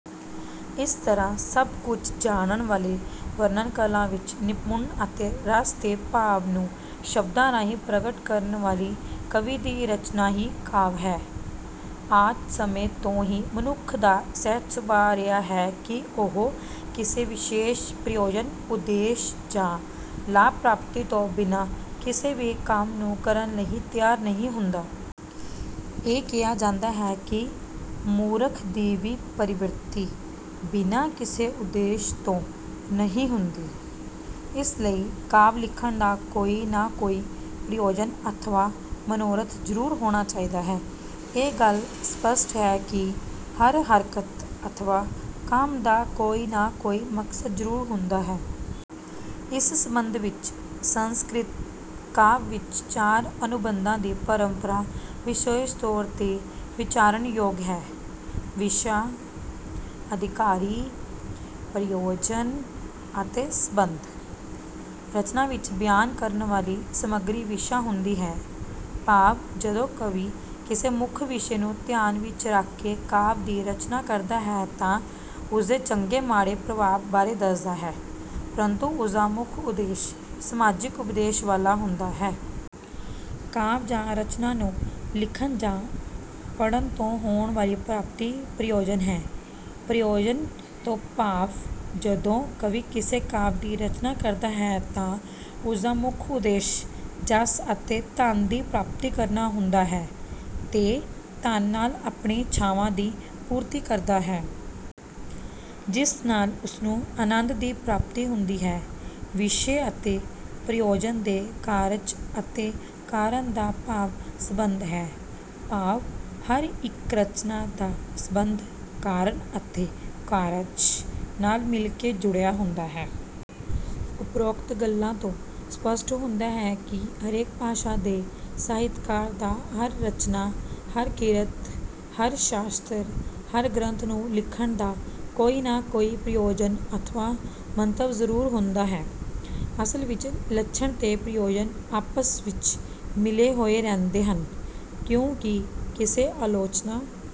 ਇਸ ਤਰ੍ਹਾਂ ਸਭ ਕੁੱਝ ਜਾਣਨ ਵਾਲੇ, ਵਰਣਨ ਕਲਾ ਵਿੱਚ ਨਿਪੁਣ ਅਤੇ ਰਸ ਤੇ ਭਾਵ ਨੂੰ ਸ਼ਬਦਾਂ ਰਾਹੀਂ ਪ੍ਰਗਟ ਕਰਨ ਵਾਲੀ ਕਵੀ ਦੀ ਰਚਨਾ ਹੀ 'ਕਾਵਿ' ਹੈ। ਆਦਿ ਸਮੇਂ ਤੋਂ ਹੀ ਮਨੁੱਖ ਦਾ ਸਹਿਜ ਸੁਭਾਅ ਰਿਹਾ ਹੈ ਕਿ ਉਹ ਕਿਸੇ ਵਿਸ਼ੇਸ਼, ਪ੍ਰਯੋਜਨ, ਉਦੇਸ਼ ਜਾਂ ਲਾਭ ਪ੍ਰਾਪਤੀ ਤੋਂ ਬਿਨ੍ਹਾਂ ਕਿਸੇ ਵੀ ਕੰਮ ਨੂੰ ਕਰਨ ਲਈ ਤਿਆਰ ਨਹੀਂ ਹੁੰਦਾ। ਇਹ ਕਿਹਾ ਜਾਂਦਾ ਹੈ ਕਿ "ਮੂਰਖ ਦੀ ਵੀ ਪ੍ਰਵਿਰਤੀ ਬਿਨ੍ਹਾਂ ਕਿਸੇ ਉਦੇਸ਼ ਤੋਂ ਨਹੀਂ ਹੁੰਦੀ ਹੈ"। ਇਸ ਲਈ ਕਾਵਿ ਲਿਖਣ ਦਾ ਕੋਈ ਨਾ ਕੋਈ ਪ੍ਰਯੋਜਨ ਅਥਵਾ ਮਨੋਰਥ ਜ਼ਰੂਰ ਹੋਣਾ ਚਾਹੀਦਾ ਹੈ। ਇਹ ਗੱਲ ਸਪੱਸ਼ਟ ਹੈ ਕਿ ਹਰ ਹਰਕਤ ਅਥਵਾ ਕੰਮ ਦਾ ਕੋਈ ਨਾ ਕੋਈ ਮਕਸਦ ਜ਼ਰੂਰ ਹੁੰਦਾ ਹੈ। ਇਸ ਸੰਬੰਧ ਵਿੱਚ ਸੰਸਕ੍ਰਿਤ ਕਾਵਿ ਵਿੱਚ ਚਾਰ ਅਨੁਬੰਧਾਂ ਦੀ ਪਰੰਪਰਾ ਵਿਸ਼ੇਸ਼ ਤੌਰ ਤੇ ਵਿਚਾਰਨਯੋਗ ਹੈ, ਵਿਸ਼ਾ, ਅਧਿਕਾਰੀ, ਪ੍ਰਯੋਜਨ ਅਤੇ ਸੰਬੰਧ। ਰਚਨਾ ਵਿੱਚ ਬਿਆਨ ਕਰਨ ਵਾਲੀ ਸਮੱਗਰੀ ਵਿਸ਼ਾ ਹੁੰਦੀ ਹੈ। ਭਾਵ ਜਦੋਂ ਕਵੀ ਕਿਸੇ ਮੁੱਖ ਵਿਸ਼ੇ ਨੂੰ ਧਿਆਨ ਵਿੱਚ ਰੱਖ ਕੇ ਕਾਵਿ ਦੀ ਰਚਨਾ ਕਰਦਾ ਹੈ, ਤੇ ਉਸਦੇ ਚੰਗੇ ਮਾੜੇ ਪ੍ਰਭਾਵ ਬਾਰੇ ਦੱਸਦਾ ਹੈ, ਪਰੰਤੂ ਉਸਦਾ ਮੁੱਖ ਉਦੇਸ਼ ਸਮਾਜਿਕ ਉਪਦੇਸ਼ ਵਾਲਾ ਹੁੰਦਾ ਹੈ। ਕਾਵਿ ਜਾਂ ਰਚਨਾ ਨੂੰ ਲਿਖਣ ਜਾਂ ਪੜ੍ਹਨ ਤੋਂ ਹੋਣ ਵਾਲੀ ਪ੍ਰਾਪਤੀ ਪ੍ਰਯੋਜਨ ਹੈ। ਪ੍ਰਯੋਜਨ ਤੋਂ ਭਾਵ ਜਦੋਂ ਕਵੀ ਕਿਸੇ ਕਾਵਿ ਦੀ ਰਚਨਾ ਕਰਦਾ ਹੈ, ਤਾਂ ਉਸਦਾ ਮੁੱਖ ਉਦੇਸ਼ ਜਸ ਅਤੇ ਧਨ ਦੀ ਪ੍ਰਾਪਤੀ ਕਰਨਾ ਹੁੰਦਾ ਹੈ, ਤੇ ਧਨ ਨਾਲ ਆਪਣੀਆਂ ਇੱਛਾਵਾਂ ਦੀ ਪੂਰਤੀ ਕਰਦਾ ਹੈ। ਜਿਸ ਨਾਲ ਉਸਨੂੰ ਆਨੰਦ ਦੀ ਪ੍ਰਾਪਤੀ ਹੁੰਦੀ ਹੈ। ਵਿਸ਼ੇ ਅਤੇ ਪ੍ਰਯੋਜਨ ਦੇ ਕਾਰਜ ਅਤੇ ਕਾਰਨ ਦਾ ਭਾਵ ਸੰਬੰਧ ਹੈ। ਭਾਵ ਹਰ ਇੱਕ ਰਚਨਾ ਦਾ ਸੰਬੰਧ ਕਾਰਨ ਅਤੇ ਕਾਰਜ ਨਾਲ ਮਿਲ ਕੇ ਜੁੜਿਆ ਹੁੰਦਾ ਹੈ। ਉਪਰੋਕਤ ਗੱਲਾਂ ਤੋਂ ਸਪੱਸ਼ਟ ਹੁੰਦਾ ਹੈ ਕਿ ਹਰੇਕ ਭਾਸ਼ਾ ਦੇ ਸਾਹਿਤਕਾਰ ਦਾ ਹਰ ਰਚਨਾ, ਹਰ ਕਿਰਤ, ਹਰ ਸ਼ਾਸਤਰ, ਹਰ ਗ੍ਰੰਥ ਨੂੰ ਲਿਖਣ ਦਾ ਕੋਈ ਨਾ ਕੋਈ ਪ੍ਰਯੋਜਨ ਅਥਵਾ ਮੰਤਵ ਜ਼ਰੂਰ ਹੁੰਦਾ ਹੈ। ਅਸਲ ਵਿੱਚ ਲੱਛਣ ਤੇ ਪ੍ਰਯੋਜਨ ਆਪਸ ਵਿੱਚ ਮਿਲੇ ਹੋਏ ਰਹਿੰਦੇ ਹਨ। ਕਿਉਂਕਿ ਕਿਸੇ ਆਲੋਚਨਾ